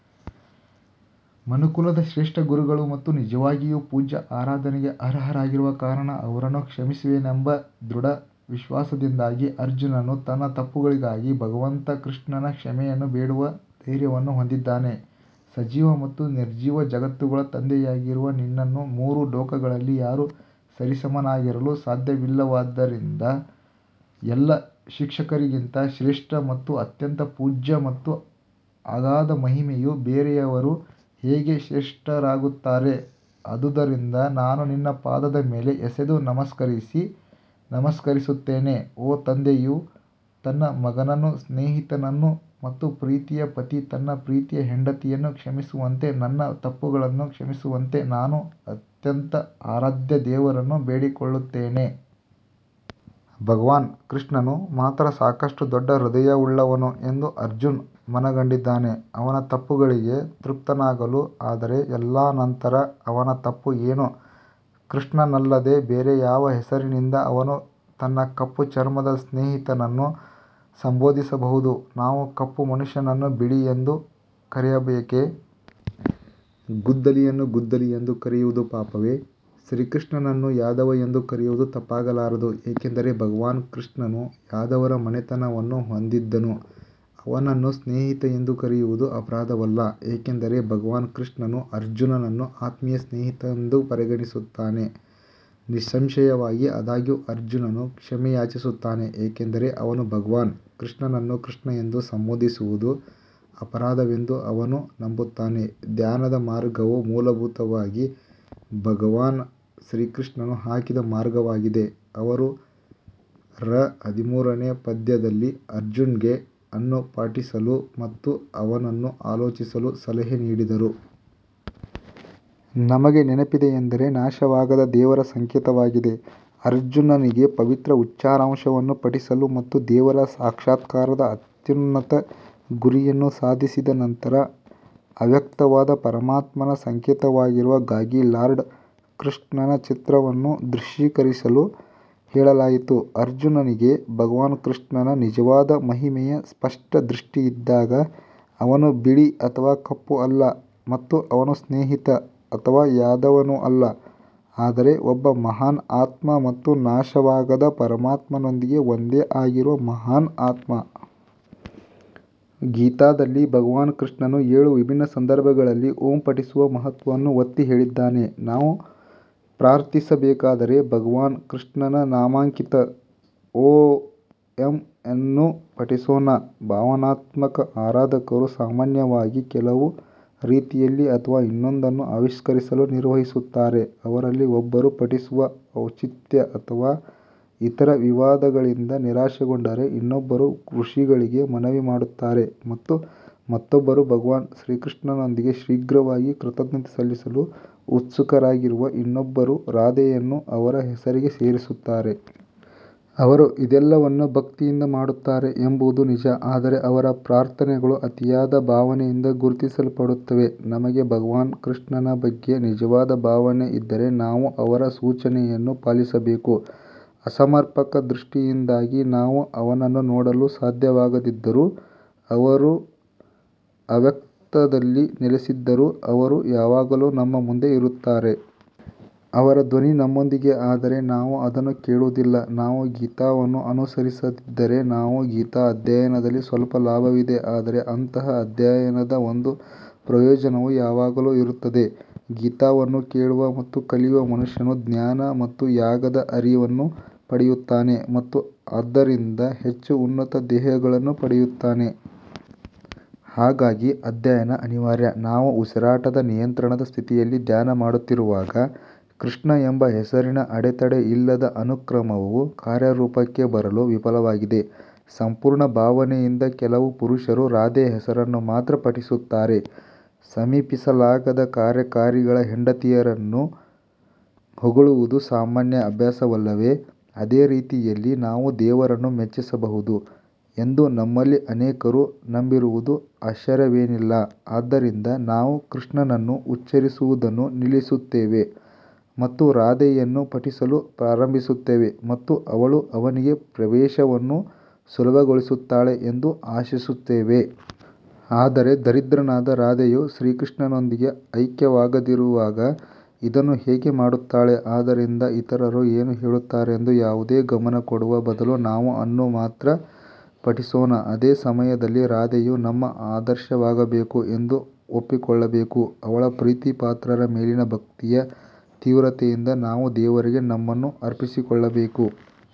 ಮನುಕುಲದ ಶ್ರೇಷ್ಠ ಗುರುಗಳು ಮತ್ತು ನಿಜವಾಗಿಯೂ ಪೂಜ್ಯ ಆರಾಧನೆಗೆ ಅರ್ಹರಾಗಿರುವ ಕಾರಣ ಅವರನ್ನು ಕ್ಷಮಿಸುವೆನೆಂಬ ದೃಢ ವಿಶ್ವಾಸದಿಂದಾಗಿ ಅರ್ಜುನನು ತನ್ನ ತಪ್ಪುಗಳಿಗಾಗಿ ಭಗವಂತ ಕೃಷ್ಣನ ಕ್ಷಮೆಯನ್ನು ಬೇಡುವ ಧೈರ್ಯವನ್ನು ಹೊಂದಿದ್ದಾನೆ. ಸಜೀವ ಮತ್ತು ನಿರ್ಜೀವ ಜಗತ್ತುಗಳ ತಂದೆಯಾಗಿರುವ ನಿನ್ನನ್ನು ಮೂರು ಲೋಕಗಳಲ್ಲಿ ಯಾರೂ ಸರಿಸಮನಾಗಿರಲು ಸಾಧ್ಯವಿಲ್ಲವಾದ್ದರಿಂದ, ಎಲ್ಲ ಶಿಕ್ಷಕರಿಗಿಂತ ಶ್ರೇಷ್ಠ ಮತ್ತು ಅತ್ಯಂತ ಪೂಜ್ಯ ಮತ್ತು ಅಗಾಧ ಮಹಿಮೆಯು ಬೇರೆಯವರು ಹೇಗೆ ಶ್ರೇಷ್ಠರಾಗುತ್ತಾರೆ ಆದುದರಿಂದ ನಾನು ನಿನ್ನ ಪಾದದ ಮೇಲೆ ಎಸೆದು ನಮಸ್ಕರಿಸಿ ನಮಸ್ಕರಿಸುತ್ತೇನೆ, ಓ ತಂದೆಯು ತನ್ನ ಮಗನನ್ನು ಸ್ನೇಹಿತನನ್ನು ಮತ್ತು ಪ್ರೀತಿಯ ಪತಿ ತನ್ನ ಪ್ರೀತಿಯ ಹೆಂಡತಿಯನ್ನು ಕ್ಷಮಿಸುವಂತೆ ನನ್ನ ತಪ್ಪುಗಳನ್ನು ಕ್ಷಮಿಸುವಂತೆ ನಾನು ಅತ್ಯಂತ ಆರಾಧ್ಯ ದೇವರನ್ನು ಬೇಡಿಕೊಳ್ಳುತ್ತೇನೆ. ಭಗವಾನ್ ಕೃಷ್ಣನು ಮಾತ್ರ ಸಾಕಷ್ಟು ದೊಡ್ಡ ಹೃದಯವುಳ್ಳವನು ಎಂದು ಅರ್ಜುನ್ ಮನಗಂಡಿದ್ದಾನೆ ಅವನ ತಪ್ಪುಗಳಿಗೆ ತೃಪ್ತನಾಗಲು ಆದರೆ ಎಲ್ಲಾ ನಂತರ ಅವನ ತಪ್ಪು ಏನು ಕೃಷ್ಣನಲ್ಲದೆ ಬೇರೆ ಯಾವ ಹೆಸರಿನಿಂದ ಅವನು ತನ್ನ ಕಪ್ಪು ಚರ್ಮದ ಸ್ನೇಹಿತನನ್ನು ಸಂಬೋಧಿಸಬಹುದು ನಾವು ಕಪ್ಪು ಮನುಷ್ಯನನ್ನು ಬಿಳಿ ಎಂದು ಕರೆಯಬೇಕೇ? ಗುದ್ದಲಿಯನ್ನು ಗುದ್ದಲಿ ಎಂದು ಕರೆಯುವುದು ಪಾಪವೇ ಶ್ರೀಕೃಷ್ಣನನ್ನು ಯಾದವ ಎಂದು ಕರೆಯುವುದು ತಪ್ಪಾಗಲಾರದು ಏಕೆಂದರೆ ಭಗವಾನ್ ಕೃಷ್ಣನು ಯಾದವರ ಮನೆತನವನ್ನು ಹೊಂದಿದ್ದನು. ಅವನನ್ನು ಸ್ನೇಹಿತ ಎಂದು ಕರೆಯುವುದು ಅಪರಾಧವಲ್ಲ ಏಕೆಂದರೆ ಭಗವಾನ್ ಕೃಷ್ಣನು ಅರ್ಜುನನನ್ನು ಆತ್ಮೀಯ ಸ್ನೇಹಿತ ಎಂದು ಪರಿಗಣಿಸುತ್ತಾನೆ. ನಿಸ್ಸಂಶಯವಾಗಿ ಆದಾಗ್ಯೂ ಅರ್ಜುನನು ಕ್ಷಮೆಯಾಚಿಸುತ್ತಾನೆ ಏಕೆಂದರೆ ಅವನು ಭಗವಾನ್ ಕೃಷ್ಣನನ್ನು ಕೃಷ್ಣ ಎಂದು ಸಂಬೋಧಿಸುವುದು ಅಪರಾಧವೆಂದು ಅವನು ನಂಬುತ್ತಾನೆ ಧ್ಯಾನದ ಮಾರ್ಗವು ಮೂಲಭೂತವಾಗಿ ಭಗವಾನ್ ಶ್ರೀಕೃಷ್ಣನು ಹಾಕಿದ ಮಾರ್ಗವಾಗಿದೆ ಅವರು ರ ಹದಿಮೂರನೇ ಪದ್ಯದಲ್ಲಿ ಅರ್ಜುನ್ಗೆ ಅನ್ನು ಪಠಿಸಲು ಮತ್ತು ಅವನನ್ನು ಆಲೋಚಿಸಲು ಸಲಹೆ ನೀಡಿದರು. ನಮಗೆ ನೆನಪಿದೆ ಎಂದರೆ ನಾಶವಾಗದ ದೇವರ ಸಂಕೇತವಾಗಿದೆ ಅರ್ಜುನನಿಗೆ ಪವಿತ್ರ ಉಚ್ಚಾರಾಂಶವನ್ನು ಪಠಿಸಲು ಮತ್ತು ದೇವರ ಸಾಕ್ಷಾತ್ಕಾರದ ಅತ್ಯುನ್ನತ ಗುರಿಯನ್ನು ಸಾಧಿಸಿದ ನಂತರ ಅವ್ಯಕ್ತವಾದ ಪರಮಾತ್ಮನ ಸಂಕೇತವಾಗಿರುವ ಗಾಗಿ ಲಾರ್ಡ್ ಕೃಷ್ಣನ ಚಿತ್ರವನ್ನು ದೃಶ್ಯೀಕರಿಸಲು ಹೇಳಲಾಯಿತು. ಅರ್ಜುನನಿಗೆ ಭಗವಾನ್ ಕೃಷ್ಣನ ನಿಜವಾದ ಮಹಿಮೆಯ ಸ್ಪಷ್ಟ ದೃಷ್ಟಿ ಇದ್ದಾಗ ಅವನು ಬಿಳಿ ಅಥವಾ ಕಪ್ಪು ಅಲ್ಲ ಮತ್ತು ಅವನು ಸ್ನೇಹಿತ ಅಥವಾ ಯಾದವನೂ ಅಲ್ಲ, ಆದರೆ ಒಬ್ಬ ಮಹಾನ್ ಆತ್ಮ ಮತ್ತು ನಾಶವಾಗದ ಪರಮಾತ್ಮನೊಂದಿಗೆ ಒಂದೇ ಆಗಿರುವ ಮಹಾನ್ ಆತ್ಮ. ಗೀತಾದಲ್ಲಿ ಭಗವಾನ್ ಕೃಷ್ಣನು ಏಳು ವಿಭಿನ್ನ ಸಂದರ್ಭಗಳಲ್ಲಿ ಓಂ ಪಠಿಸುವ ಮಹತ್ವವನ್ನು ಒತ್ತಿಹೇಳಿದ್ದಾನೆ. ನಾವು ಪ್ರಾರ್ಥಿಸಬೇಕಾದರೆ ಭಗವಾನ್ ಕೃಷ್ಣನ ನಾಮಕ್ಕಿಂತ ಓಎಂ ಅನ್ನು ಪಠಿಸೋಣ ಭಾವನಾತ್ಮಕ ಆರಾಧಕರು ಸಾಮಾನ್ಯವಾಗಿ ಕೆಲವು ರೀತಿಯಲ್ಲಿ ಅಥವಾ ಇನ್ನೊಂದನ್ನು ಆವಿಷ್ಕರಿಸಲು ನಿರ್ವಹಿಸುತ್ತಾರೆ ಅವರಲ್ಲಿ ಒಬ್ಬರು ಪಠಿಸುವ ಔಚಿತ್ಯ ಅಥವಾ ಇತರ ವಿವಾದಗಳಿಂದ ನಿರಾಶೆಗೊಂಡರೆ, ಇನ್ನೊಬ್ಬರು ಋಷಿಗಳಿಗೆ ಮನವಿ ಮಾಡುತ್ತಾರೆ ಮತ್ತು ಮತ್ತೊಬ್ಬರು ಭಗವಾನ್ ಶ್ರೀಕೃಷ್ಣನೊಂದಿಗೆ ಶೀಘ್ರವಾಗಿ ಕೃತಜ್ಞತೆ ಸಲ್ಲಿಸಲು ಉತ್ಸುಕರಾಗಿರುವ ಇನ್ನೊಬ್ಬರು ರಾಧೆಯನ್ನು ಅವರ ಹೆಸರಿಗೆ ಸೇರಿಸುತ್ತಾರೆ. ಅವರು ಇದೆಲ್ಲವನ್ನೂ ಭಕ್ತಿಯಿಂದ ಮಾಡುತ್ತಾರೆ ಎಂಬುದು ನಿಜ ಆದರೆ ಅವರ ಪ್ರಾರ್ಥನೆಗಳು ಅತಿಯಾದ ಭಾವನೆಯಿಂದ ಗುರುತಿಸಲ್ಪಡುತ್ತವೆ ನಮಗೆ ಭಗವಾನ್ ಕೃಷ್ಣನ ಬಗ್ಗೆ ನಿಜವಾದ ಭಾವನೆ ಇದ್ದರೆ ನಾವು ಅವರ ಸೂಚನೆಯನ್ನು ಪಾಲಿಸಬೇಕು ಅಸಮರ್ಪಕ ದೃಷ್ಟಿಯಿಂದಾಗಿ ನಾವು ಅವನನ್ನು ನೋಡಲು ಸಾಧ್ಯವಾಗದಿದ್ದರೂ ಅವರು ಅವ್ಯಕ್ತದಲ್ಲಿ ನೆಲೆಸಿದ್ದರೂ ಅವರು ಯಾವಾಗಲೂ ನಮ್ಮ ಮುಂದೆ ಇರುತ್ತಾರೆ. ಅವರ ಧ್ವನಿ ನಮ್ಮೊಂದಿಗಿದೆ ಆದರೆ ನಾವು ಅದನ್ನು ಕೇಳುವುದಿಲ್ಲ ನಾವು ಗೀತಾವನ್ನು ಅನುಸರಿಸದಿದ್ದರೆ ನಾವು ಗೀತಾ ಅಧ್ಯಯನದಲ್ಲಿ ಸ್ವಲ್ಪ ಲಾಭವಿದೆ, ಆದರೆ ಅಂತಹ ಅಧ್ಯಯನದ ಒಂದು ಪ್ರಯೋಜನವು ಯಾವಾಗಲೂ ಇರುತ್ತದೆ. ಗೀತಾವನ್ನು ಕೇಳುವ ಮತ್ತು ಕಲಿಯುವ ಮನುಷ್ಯನು ಜ್ಞಾನ ಮತ್ತು ಯಾಗದ ಅರಿವನ್ನು ಪಡೆಯುತ್ತಾನೆ ಮತ್ತು ಆದ್ದರಿಂದ ಹೆಚ್ಚು ಉನ್ನತ ದೇಹಗಳನ್ನು ಪಡೆಯುತ್ತಾನೆ. ಹಾಗಾಗಿ ಅಧ್ಯಯನ ಅನಿವಾರ್ಯ ನಾವು ಉಸಿರಾಟದ ನಿಯಂತ್ರಣದ ಸ್ಥಿತಿಯಲ್ಲಿ ಧ್ಯಾನ ಮಾಡುತ್ತಿರುವಾಗ ಕೃಷ್ಣ ಎಂಬ ಹೆಸರಿನ ಅಡೆತಡೆಯಿಲ್ಲದ ಅನುಕ್ರಮವು ಕಾರ್ಯರೂಪಕ್ಕೆ ಬರಲು ವಿಫಲವಾಗಿದೆ. ಸಂಪೂರ್ಣ ಭಾವನೆಯಿಂದ ಕೆಲವು ಪುರುಷರು ರಾಧೆಯ ಹೆಸರನ್ನು ಮಾತ್ರ ಪಠಿಸುತ್ತಾರೆ ಸಮೀಪಿಸಲಾಗದ ಕಾರ್ಯಕಾರಿಗಳ ಹೆಂಡತಿಯರನ್ನು ಹೊಗಳುವುದು ಸಾಮಾನ್ಯ ಅಭ್ಯಾಸವಲ್ಲವೇ ಅದೇ ರೀತಿಯಲ್ಲಿ ನಾವು ದೇವರನ್ನು ಮೆಚ್ಚಿಸಬಹುದು ಎಂದು ನಮ್ಮಲ್ಲಿ ಅನೇಕರು ನಂಬಿರುವುದು ಆಶ್ಚರ್ಯವೇನಿಲ್ಲ ಆದ್ದರಿಂದ ನಾವು ಕೃಷ್ಣನನ್ನು ಉಚ್ಚರಿಸುವುದನ್ನು ನಿಲ್ಲಿಸುತ್ತೇವೆ ಮತ್ತು ರಾಧೆಯನ್ನು ಪಠಿಸಲು ಪ್ರಾರಂಭಿಸುತ್ತೇವೆ ಮತ್ತು ಅವಳು ಅವನಿಗೆ ಪ್ರವೇಶವನ್ನು ಸುಲಭಗೊಳಿಸುತ್ತಾಳೆ ಎಂದು ಆಶಿಸುತ್ತೇವೆ. ಆದರೆ ದರಿದ್ರನಾದ ರಾಧೆಯು ಶ್ರೀಕೃಷ್ಣನೊಂದಿಗೆ ಐಕ್ಯವಾಗದಿರುವಾಗ ಇದನ್ನು ಹೇಗೆ ಮಾಡುತ್ತಾಳೆ ಆದ್ದರಿಂದ ಇತರರು ಏನು ಹೇಳುತ್ತಾರೆಂದು ಯಾವುದೇ ಗಮನ ಕೊಡುವ ಬದಲು ನಾವು ಅನ್ನು ಮಾತ್ರ ಪಠಿಸೋಣ ಅದೇ ಸಮಯದಲ್ಲಿ ರಾಧೆಯು ನಮ್ಮ ಆದರ್ಶವಾಗಬೇಕು ಎಂದು ಒಪ್ಪಿಕೊಳ್ಳಬೇಕು, ಅವಳ ಪ್ರೀತಿಪಾತ್ರರ ಮೇಲಿನ ಭಕ್ತಿಯ ತೀವ್ರತೆಯಿಂದ ನಾವು ದೇವರಿಗೆ ನಮ್ಮನ್ನು ಅರ್ಪಿಸಿಕೊಳ್ಳಬೇಕು.